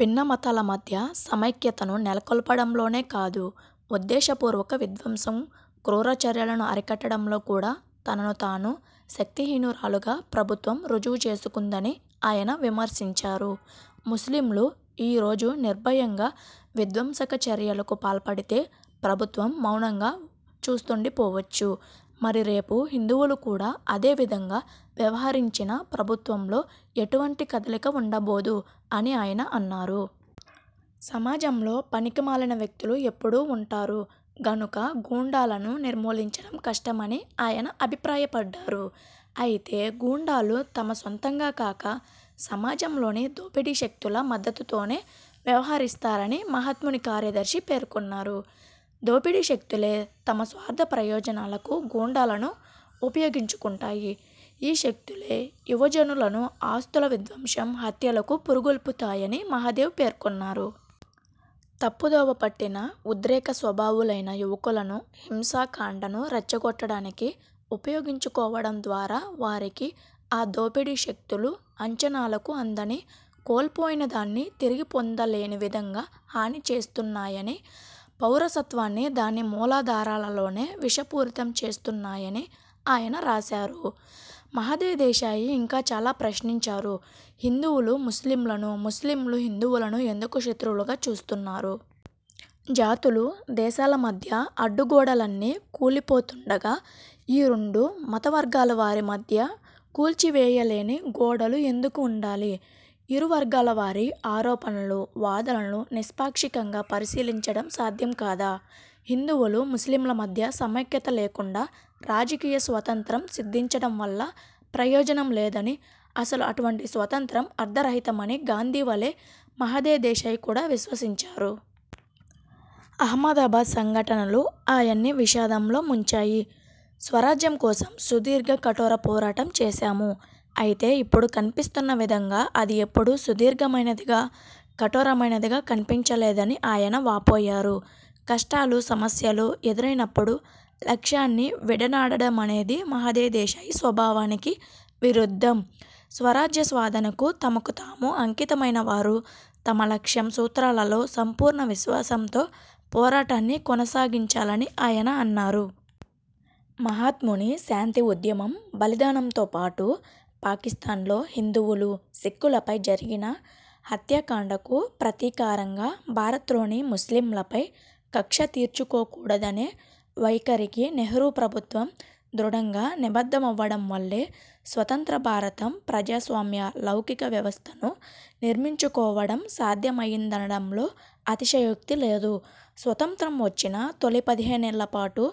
భిన్న మతాల మధ్య సమైక్యతను నెలకొల్పడంలోనేకాదు, ఉద్దేశపూర్వక విధ్వంసం, క్రూర చర్యలను అరికట్టడంలో కూడా తనను తాను శక్తిహీనురాలుగా ప్రభుత్వం రుజువు చేసుకుందని ఆయన విమర్శించారు. 'ముస్లింలు ఈ రోజు నిర్భయంగా విధ్వంసకచర్యలకు పాల్పడితే ప్రభుత్వం మౌనంగా చూస్తుండిపోవచ్చు; మరి రేపు హిందువులు కూడా అదే విధంగా వ్యవహరించినా ప్రభుత్వంలో ఎటువంటి కదలిక ఉండబోదు' అని ఆయన అన్నారు. సమాజంలో పనికిమాలిన వ్యక్తులు ఎప్పుడూ వుంటారు గనుక గూండాలను నిర్మూలించడం కష్టమని ఆయన అభిప్రాయపడ్డారు. అయితే 'గూండాలు తమ సొంతంగా గాక, సమాజంలోని దోపిడీ శక్తుల మద్దతుతోనే వ్యవహరిస్తారని' మహాత్ముని కార్యదర్శి పేర్కొన్నారు. 'దోపిడీ శక్తులే తమ స్వార్థ ప్రయోజనాలకు గూండాలను ఉపయోగించుకుంటాయి. ఈ శక్తులే యువజను లను ఆస్తుల విధ్వంసం, హత్యలకు పురిగొల్పుతాయని' మహదేవ్ పేర్కొన్నారు. 'తప్పుదోవపట్టిన, ఉద్రేక స్వభావులైన యువకులను, హింసాకాండను రెచ్చగొట్టడానికి ఉపయోగించుకోవడం ద్వారా వారికి, ఆ దోపిడీ శక్తులు అంచనాలకు అందని, కోల్పోయినదాన్ని తిరిగిపొందలేని విధంగా హాని చేస్తున్నాయని, పౌరసత్వాన్ని దాన్ని మూలాధారాలలోనే విషపూరితం చేస్తున్నాయని' ఆయన రాశారు. మహదేవ్ దేశాయి ఇంకా ఇలా ప్రశ్నించారు: హిందువులు ముస్లింలను, ముస్లింలు హిందువులను ఎందుకు శత్రువులుగా చూస్తున్నారు? జాతులు, దేశాల మధ్య అడ్డుగోడలన్నీ కూలిపోతుండగా ఈ రెండు మతవర్గాలవారి మధ్య కూల్చివేయలేని గోడలు ఎందుకు వుండాలి? ఇరు వర్గాల వారి ఆరోపణలు, వాదనలను నిష్పాక్షికంగా పరిశీలించడం సాధ్యం కాదా? హిందువులు, ముస్లింల మధ్య సమైక్యత లేకుండా రాజకీయ స్వాతంత్ర్యం సిద్ధించడం వల్ల ప్రయోజనం లేదని, అసలు అటువంటి స్వాతంత్ర్యం అర్థరహితమని గాంధీ వలే మహదేవ్ దేశాయి కూడా విశ్వసించారు. అహ్మదాబాద్ సంఘటనలు ఆయన్ని విషాదంలో ముంచాయి. 'స్వరాజ్యం కోసం సుదీర్ఘ, కఠోర పోరాటం చేశాము. అయితే ఇప్పుడు కన్పిస్తున్న విధంగా అది ఎప్పుడూ సుదీర్ఘమైనదిగా, కఠోరమైనదిగా కన్పించలేదని' ఆయన వాపోయారు. కష్టాలు, సమస్యలు ఎదురయినప్పుడు లక్ష్యాన్ని విడనాడడమనేది మహదేవ్ దేశాయి స్వభావానికి విరుద్ధం. స్వరాజ్య సాధనకు తమకు తాము అంకితమైనవారు తమ లక్ష్యం, సూత్రాలలో సంపూర్ణ విశ్వాసంతో పోరాటాన్ని కొనసాగించాలని ఆయన అన్నారు. మహాత్ముని శాంతి ఉద్యమం, బలిదానంతో పాటు పాకిస్థాన్లో హిందువులు, సిక్కులపై జరిగిన హత్యాకాండ కు ప్రతీకారంగా భారత్లోని ముస్లింలపై కక్ష తీర్చుకోకూడదనే వైఖరికి నెహ్రూ ప్రభుత్వం దృఢంగా నిబద్ధమవ్వడం వల్లే స్వతంత్ర భారతం ప్రజాస్వామ్య, లౌకిక వ్యవస్థను నిర్మించుకోవడం సాధ్యమయిందనడంలో అతిశయోక్తి లేదు. స్వాతంత్ర్యం వచ్చిన తొలి పదిహేనేళ్ళ పాటు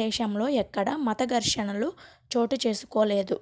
దేశంలో ఎక్కడా మతఘర్షణలు చోటు చేసుకోలేదు.